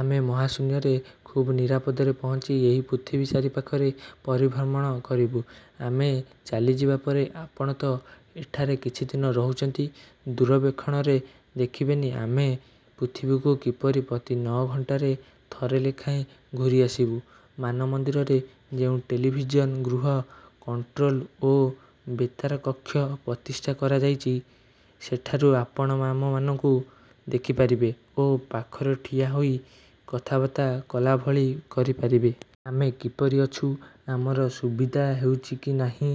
ଆମେ ମହାଶୂନ୍ୟରେ ଖୁବ୍ ନିରାପଦରେ ପହଞ୍ଚି ଏହି ପୃଥିବୀ ଚାରିପାଖରେ ପରିଭ୍ରମଣ କରିବୁ। ଆମେ ଚାଲିଯିବାପରେ ଆପଣ ତ ଏଠାରେ କିଛିଦିନ ରହୁଛନ୍ତି। ଦୂରବୀକ୍ଷଣରେ ଦେଖିବେନି ଆମେ ପୃଥିବୀକୁ କିପରି ପ୍ରତି ନଅ ଘଣ୍ଟାରେ ଥରେ ଲେଖାଏଁ ଘୂରିଆସିବୁ। ମାନମନ୍ଦିରରେ ଯେଉଁ ଟେଲିଭିଜନ ଗୃହ, କଣ୍ଟ୍ରୋଲ ଓ ବେତାର କକ୍ଷ ପ୍ରତିଷ୍ଠା କରାଯାଇଛି, ସେଠାରୁ ଆପଣ ଆମମାନଙ୍କୁ ଦେଖିପାରିବେ ଓ ପାଖରେ ଠିଆହୋଇ କଥାବାର୍ତ୍ତା କଲାଭଳି କରି ପାରିବେ। ଆମେ କିପରି ଅଛୁ, ଆମର ସୁବିଧା ହେଉଛି କି ନାହିଁ,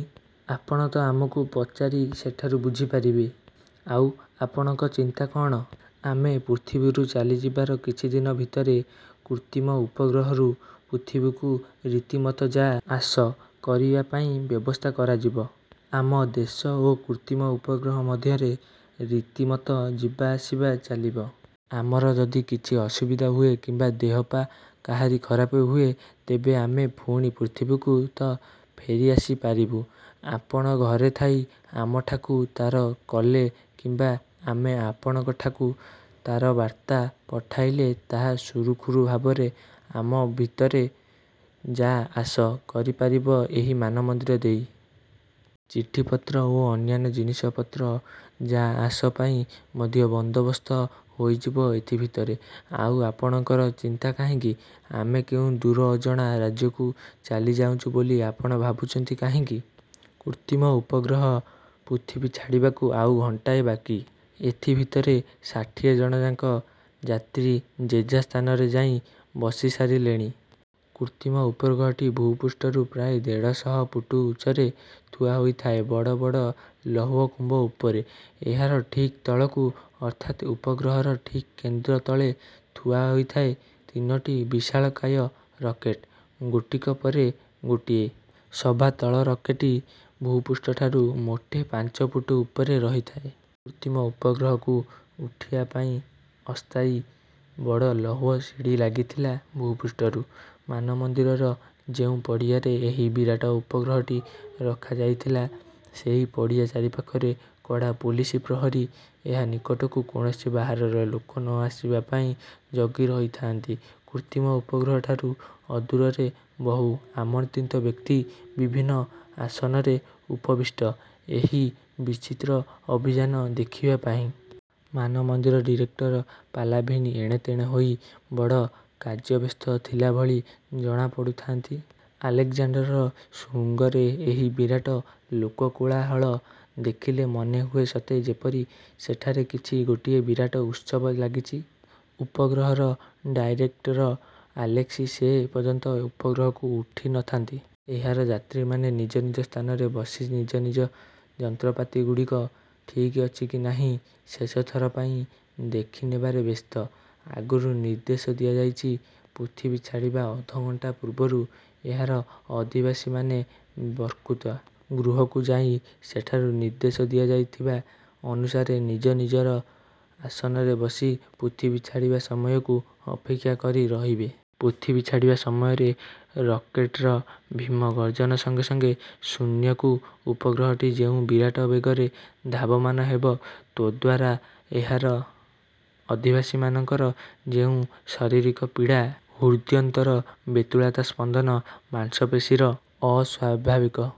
ଆପଣ ତ ଆମକୁ ପଚାରି ସେଠାରୁ ବୁଝିପାରିବେ। ଆଉ ଆପଣଙ୍କର ଚିନ୍ତା କ'ଣ? ଆମେ ପୃଥିବୀରୁ ଚାଲିଯିବାର କିଛିଦିନ ଭିତରେ କୃତ୍ରିମ ଉପଗ୍ରହରୁ ପୃଥିବୀକୁ ରୀତିମତ ଯା-ଆସ କରିବା ପାଇଁ ବ୍ୟବସ୍ଥା କରାଯିବ। ଆମ ଦେଶ ଓ କୃତ୍ରିମ ଉପଗ୍ରହ ମଧ୍ୟରେ ରୀତିମତ ଯିବା-ଆସିବା ଚାଲିବ। ଆମର ଯଦି କିଛି ଅସୁବିଧା ହୁଏ କିମ୍ବା ଦେହପା କାହାରି ଖରାପ ହୁଏ, ତେବେ ଆମେ ପୁଣି ପୃଥିବୀକୁ ତ ଫେରିଆସି ପାରିବୁ। ଆପଣ ଘରେ ଥାଇ ଆମଠାକୁ ତାର କଲେ କିମ୍ବା ଆମେ ଆପଣଙ୍କଠାକୁ ତାରବର୍ତ୍ତା ପଠାଇଲେ ତାହା ସୁରୁଖୁରୁ ଭାବରେ ଆମ ଭିତରେ ଯା-ଆସ କରିପାରିବ ଏହି ମାନମନ୍ଦିର ଦେଇ। ଚିଠିପତ୍ର ଓ ଅନ୍ୟାନ୍ୟ ଜିନିଷପତ୍ର ଯା-ଆସ ପାଇଁ ମଧ୍ୟ ବନ୍ଦୋବସ୍ତ ହୋଇଯିବ ଏଥିଭିତରେ। ଆଉ ଆପଣଙ୍କର ଚିନ୍ତା କାହିଁକି? ଆମେ କେଉଁ ଦୂର ଅଜଣା ରାଜ୍ୟକୁ ଚାଲିଯାଉଛୁଁ ବୋଲି ଆପଣ ଭାବୁଛନ୍ତି କାହିଁକି? '' କୃତ୍ରିମ ଉପଗ୍ରହ ପୃଥିବୀ ଛାଡ଼ିବାକୁ ଆଉ ଘଣ୍ଟାଏ ବାକି। ଏଥିଭିତରେ ଷାଠିଏ ଜଣଯାକ ଯାତ୍ରୀ ଯେଝା ସ୍ଥାନରେ ଯାଇ ବସିସାରିଲେଣି। କୃତ୍ରିମ ଉପଗ୍ରହଟି ଭୂପୃଷ୍ଠରୁ ପ୍ରାୟ ଦେଢ଼ଶହ ଫୁଟ ଉଚ୍ଚରେ ଥୁଆହୋଇଥାଏ ବଡ଼ ବଡ଼ ଲୌହ ଖମ୍ବ ଉପରେ। ଏହାର ଠିକ୍ ତଳକୁ ଅର୍ଥାତ ଉପଗ୍ରହର ଠିକ୍ କେନ୍ଦ୍ର ତଳେ ଥୁଆ ହୋଇଥାଏ ତିନୋଟି ବିଶାଳକାୟ ରକେଟ୍, ଗୋଟିକ ପରେ ଗୋଟିଏ। ସବାତଳ ରକେଟ୍ଟି ଭୂପୃଷ୍ଠଠାରୁ ମୋଟେ ପାଞ୍ଚଫୁଟ ଉପରେ ରହିଥାଏ। କୃତ୍ରିମ ଉପଗ୍ରହକୁ ଉଠିବାପାଇଁ ଅସ୍ଥାୟୀ ବଡ଼ ଲୌହ ସିଡ଼ି ଲାଗିଥାଏ ଭୂପୃଷ୍ଠରୁ। ମାନମନ୍ଦିରର ଯେଉଁ ପଡ଼ିଆରେ ଏହି ବିରାଟ ଉପଗ୍ରହଟି ରଖାଯାଇଥିଲା, ସେହି ପଡ଼ିଆ ଚାରିପାଖରେ କଡ଼ା ପୋଲିସ ପ୍ରହରୀ ଏହା ନିକଟକୁ କୌଣସି ବାହାରର ଲୋକ ନ ଆସିବା ପାଇଁ ଜଗି ରହିଥାନ୍ତି। କୃତ୍ରିମ ଉପଗ୍ରହଠାରୁ ଅଦୂରରେ ବହୁ ଆମନ୍ତ୍ରିତ ବ୍ୟକ୍ତି ବିଭିନ୍ନ ଆସନରେ ଉପବିଷ୍ଟ, ଏହି ବିଚିତ୍ର ଅଭିଯାନ ଦେଖିବାପାଇଁ। ମାନମନ୍ଦିର ଡିରେକ୍ଟର ପାଲାଭିନ୍ ଏଣେତେଣେ ହୋଇ ବଡ଼ କାର୍ଯ୍ୟବ୍ୟସ୍ତ ଥିଲା ଭଳି ଜଣାପଡ଼ୁଥାନ୍ତି। ଆଲେକ୍ଜାଣ୍ଡର ଶୃଙ୍ଗର ଏହି ବିରାଟ ଲୋକକୋଳାହଳ ଦେଖିଲେ ମନେହୁଏ ସତେ ଯେପରି ସେଠାରେ କିଛି ଗୋଟାଏ ବିରାଟ ଉତ୍ସବ ଲାଗିଛି। ଉପଗ୍ରହର ଡାଇରେକ୍ଟର ଆଲେସ୍କି ସେ ପର୍ଯ୍ୟନ୍ତ ଉପଗ୍ରହକୁ ଉଠି ନ ଥାନ୍ତି। ଏହାର ଯାତ୍ରୀମାନେ ନିଜ ନିଜ ସ୍ଥାନରେ ବସି ନିଜ ନିଜ ଯନ୍ତ୍ରପାତିଗୁଡ଼ିକ ଠିକ୍ଅଛି କି ନାହିଁ, ଶେଷଥର ପାଇଁ ଦେଖିନେବାରେ ବ୍ୟସ୍ତ। ଆଗରୁ ନିର୍ଦ୍ଦେଶ ଦିଆଯାଇଛି, ପୃଥିବୀ ଛାଡ଼ିବା ଅଧଘଣ୍ଟାଏ ପୂର୍ବରୁ ଏହାର ଅଧିବାସୀମାନେ ବକ୍ତୃତା-ଗୃହକୁ ଯାଇ ସେଠାରୁ ନିର୍ଦ୍ଦେଶ ଦିଆଯାଉଥିବା ଅନୁସାରେ ନିଜ ନିଜର ଆସନରେ ବସି ପୃଥିବୀ ଛାଡ଼ିବା ସମୟକୁ ଅପେକ୍ଷା କରି ରହିବେ। ପୃଥିବୀ ଛାଡ଼ିବା ସମୟରେ ରକେଟ୍ର। ଭୀମ ଗର୍ଜ୍ଜନ ସଙ୍ଗେ ସଙ୍ଗେ ଶୂନ୍ୟକୁ ଉପଗ୍ରହଟି ଯେଉଁ ବିରାଟ ବେଗରେ ଧାବମାନ ହେବ, ତଦ୍ଦ୍ୱାରା ଏହାର ଅଧିବାସୀମାନଙ୍କର ଯେଉଁ ଶରୀରିକ ପୀଡ଼ା, ହୃଦ୍ଯନ୍ତ୍ରର ବୈତାଳିକ ସ୍ପନ୍ଦନ, ମାଂସପେଶୀର ଅସ୍ୱାଭାବିକ